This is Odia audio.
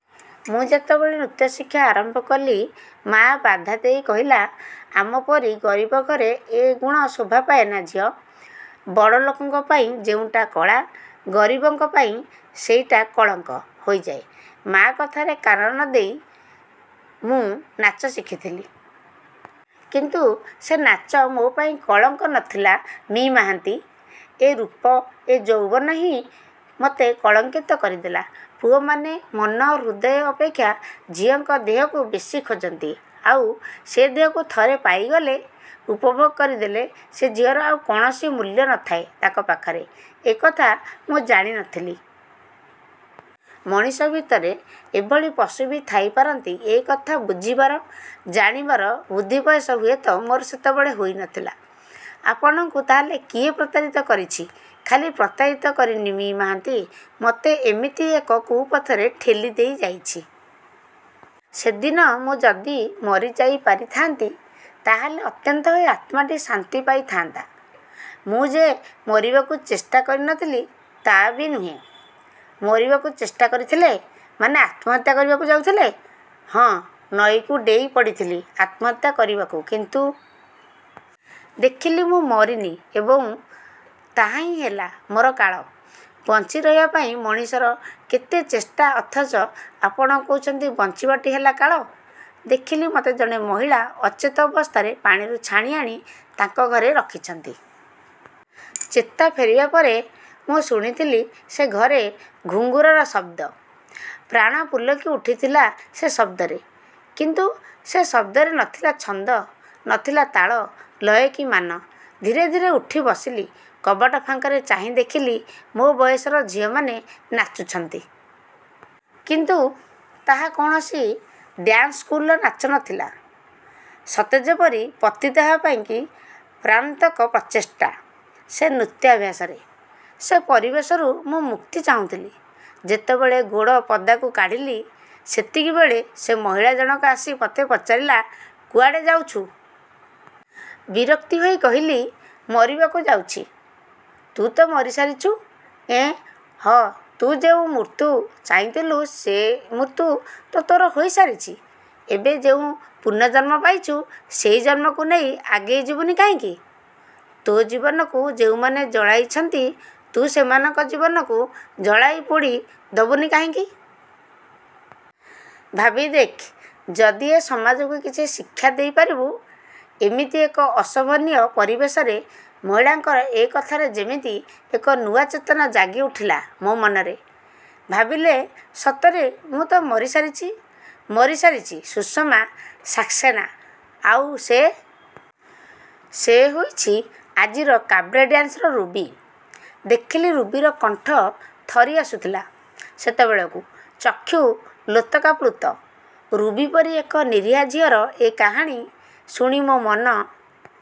ମୁଁ ଯେତେବେଳେ ନୃତ୍ୟଶିକ୍ଷା ଆରମ୍ଭ କଲି ମାଆ ବାଧା ଦେଇ କହିଲା-ଆମପରି ଗରିବ ଘରେ ଏ ଗୁଣ ଶୋଭା ପାଏନା ଝିଅ, ବଡ଼ ଲୋକଙ୍କ ପାଇଁ ଯେଉଁଟା କଳା ଗରିବଙ୍କ ପାଇଁ ସେଇଟା କଳଙ୍କ ହୋଇଯାଏ। ମାଆ କଥାରେ କାନ ନ ଦେଇ ମୁଁ ନାଚ ଶିଖିଥିଲି। କିନ୍ତୁ ସେ ନାଚ ମୋ' ପାଇଁ କଳଙ୍କ ନ ଥିଲା ମି: ମହାନ୍ତି। ଏ ରୂପ, ଏ ଯୌବନ ହିଁ ମୋତେ କଳଙ୍କିତ କରିଦେଲା। ପୁଅମାନେ ମନ, ହୃଦୟ ଅପେକ୍ଷା ଝିଅଙ୍କ ଦେହକୁ ବେଶୀ ଖୋଜନ୍ତି ଆଉ ସେ ଦେହକୁ ଥରେ ପାଇଗଲେ-ଉପଭୋଗ କରିଦେଲେ ସେ ଝିଅର ଆଉ କୌଣସି ମୂଲ୍ୟ ନଥାଏ ତାଙ୍କ ପାଖରେ-ଏ କଥା ମୁଁ ଜାଣି ନଥିଲି। ମଣିଷ ଭିତରେ ଏଭଳି ପଶୁ ବି ଥାଇ ପାରନ୍ତି ଏ କଥା ବୁଝିବାର, ଜାଣିବାର ବୁଦ୍ଧି ବୟସ ହୁଏତ ମୋର ସେତେବେଳେ ହୋଇନଥିଲା। 'ଆପଣଙ୍କୁ ତା'ହେଲେ କିଏ ପ୍ରତାରିତ କରିଛି ' 'ଖାଲି ପ୍ରତାରିତ କରିନି ମି: ମହାନ୍ତି ମୋତେ ଏମିତି ଏକ କୁପଥରେ ଠେଲି ଦେଇଯାଇଛି। ସେଦିନ ମୁଁ ଯଦି ମାରିଯାଇ ପାରିଥାନ୍ତି ତା'ହେଲେ ଅନ୍ତତଃ ଏ ଆତ୍ମାଟି ଶାନ୍ତି ପାଇଥାନ୍ତା। ମୁଁ ଯେ ମରିବାକୁ ଚେଷ୍ଟା କରିନଥିଲି ତା'ବି ନୁହେଁ। ମରିବାକୁ ଚେଷ୍ଟା କରିଥିଲେ ମାନେ ଆତ୍ମହତ୍ୟା କରିବାକୁ ଯାଉଥିଲେ? " 'ହଁ ନଈକୁ ଡେଇଁ ପଡ଼ିଥିଲି ଆତ୍ମହତ୍ୟା କରିବାକୁ କିନ୍ତୁ ଦେଖିଲି ମୁଁ ମରିନି ଏବଂ ତାହା ହିଁ ହେଲା ମୋର କାଳ। ' 'ବଞ୍ଚି ରହିବା ପାଇଁ ମଣିଷର କେତେ ଚେଷ୍ଟା ଅଥଚ ଆପଣ କହୁଛନ୍ତି ବଞ୍ଚିବାଟା ହେଲା କାଳ। ' ଦେଖିଲି ମୋତେ ଜଣେ ମହିଳା ଅଚେତ୍ ଅବସ୍ଥାରେ ପାଣିରୁ ଛାଣିଆଣି ତାଙ୍କ ଘରେ ରଖିଛନ୍ତି। ଚେତା ଫେରିବା ପରେ ମୁଁ ଶୁଣିଥିଲି ସେ ଘରେ ଘୁଙ୍ଗୁରର ଶବ୍ଦ। ପ୍ରାଣ ପୁଲକି ଉଠିଥିଲା ସେ ଶବ୍ଦରେ। କିନ୍ତୁ ସେ ଶବ୍ଦରେ ନ ଥିଲା ଛନ୍ଦ, ନଥିଲା ତାଳ, ଲୟ କି ମାନ। ଧୀରେ ଧୀରେ ଉଠି ବସିଲି। କବାଟ ଫାଙ୍କରେ ଚାହିଁ ଦେଖିଲି ମୋ' ବୟସର ଝିଅମାନେ ନାଚୁଛନ୍ତି। କିନ୍ତୁ ତାହା କୌଣସି। ଡାନ୍ସ ସ୍କୁଲର ନାଚ ନ ଥିଲା। ସତେ ଯେପରି ପତିତା ହେବାପାଇଁ ପ୍ରାଣାନ୍ତକ ପ୍ରଚେଷ୍ଟା ସେ ନୃତ୍ୟାଭ୍ୟାସରେ। ସେ ପରିବେଶରୁ ମୁଁ ମୁକ୍ତି ଚାହୁଁଥିଲି। ଯେତେବେଳେ ଗୋଡ଼ ପଦାକୁ କାଢ଼ିଲି ସେତିକିବେଳେ ସେ ମହିଳା ଜଣକ ଆସି ମୋତେ ପଚାରିଲା-କୁଆଡ଼େ ଯାଉଛୁ? ବିରକ୍ତ ହୋଇ କହିଲି-ମରିବାକୁ ଯାଉଛି। 'ତୁ ତ ମରି ସାରିଛୁ। " 'ଏଁ ' 'ହ, ତୁ ଯେଉଁ ମୃତ୍ୟୁ ଚାହିଁଥିଲୁ ସେ ମୃତ୍ୟୁ ତ ତୋର ହୋଇ ସାରିଛି ଏବେ ଯେଉଁ ପୂର୍ନଜନ୍ମ ପାଇଛୁ ସେଇ ଜନ୍ମକୁ ନେଇ ଆଗେଇ ଯିବୁନି କାହିଁକି? ତୋ ଜୀବନକୁ ଯେଉଁମାନେ ଜଳାଇଛନ୍ତି ତୁ ସେମାନଙ୍କ ଜୀବନକୁ ଜଳାଇ ପୋଡ଼ି ଦବୁନି କାହିଁକି? ଭାବି ଦେଖ୍-ଯଦି ଏ ସମାଜକୁ କିଛି ଶିକ୍ଷା ଦେଇପାରିବୁ। ' ଏମିତି ଏକ ଅଶୋଭନୀୟ ପରିବେଶରେ ମହିଳାଙ୍କର ଏ କଥାରେ ଯେମିତି ଏକ ନୂଆ ଚେତନା ଜାଗି ଉଠିଲା ମୋ' ମନରେ। ଭାବିଲେ-ସତରେ ମୁଁ ତ ମରି ସାରିଛି। ମରି ସାରିଛି ସୁଷମା ସାକ୍ସେନା। ଆଉ ସେ ସେ ହୋଇଛି ଆଜିର କାବ୍ରେ ଡାନ୍ସର ରୁବି। ଦେଖିଲି ରୁବିର କଣ୍ଠ ଥରି ଆସୁଥିଲା ସେତେବେଳକୁ। ଚକ୍ଷୁ ଲୋତକାପ୍ଲୁତ। ରୁବି ପରି ଏକ ନିରୀହା ଝିଅର ଏ କାହାଣୀ ଶୁଣି ମୋ' ମନ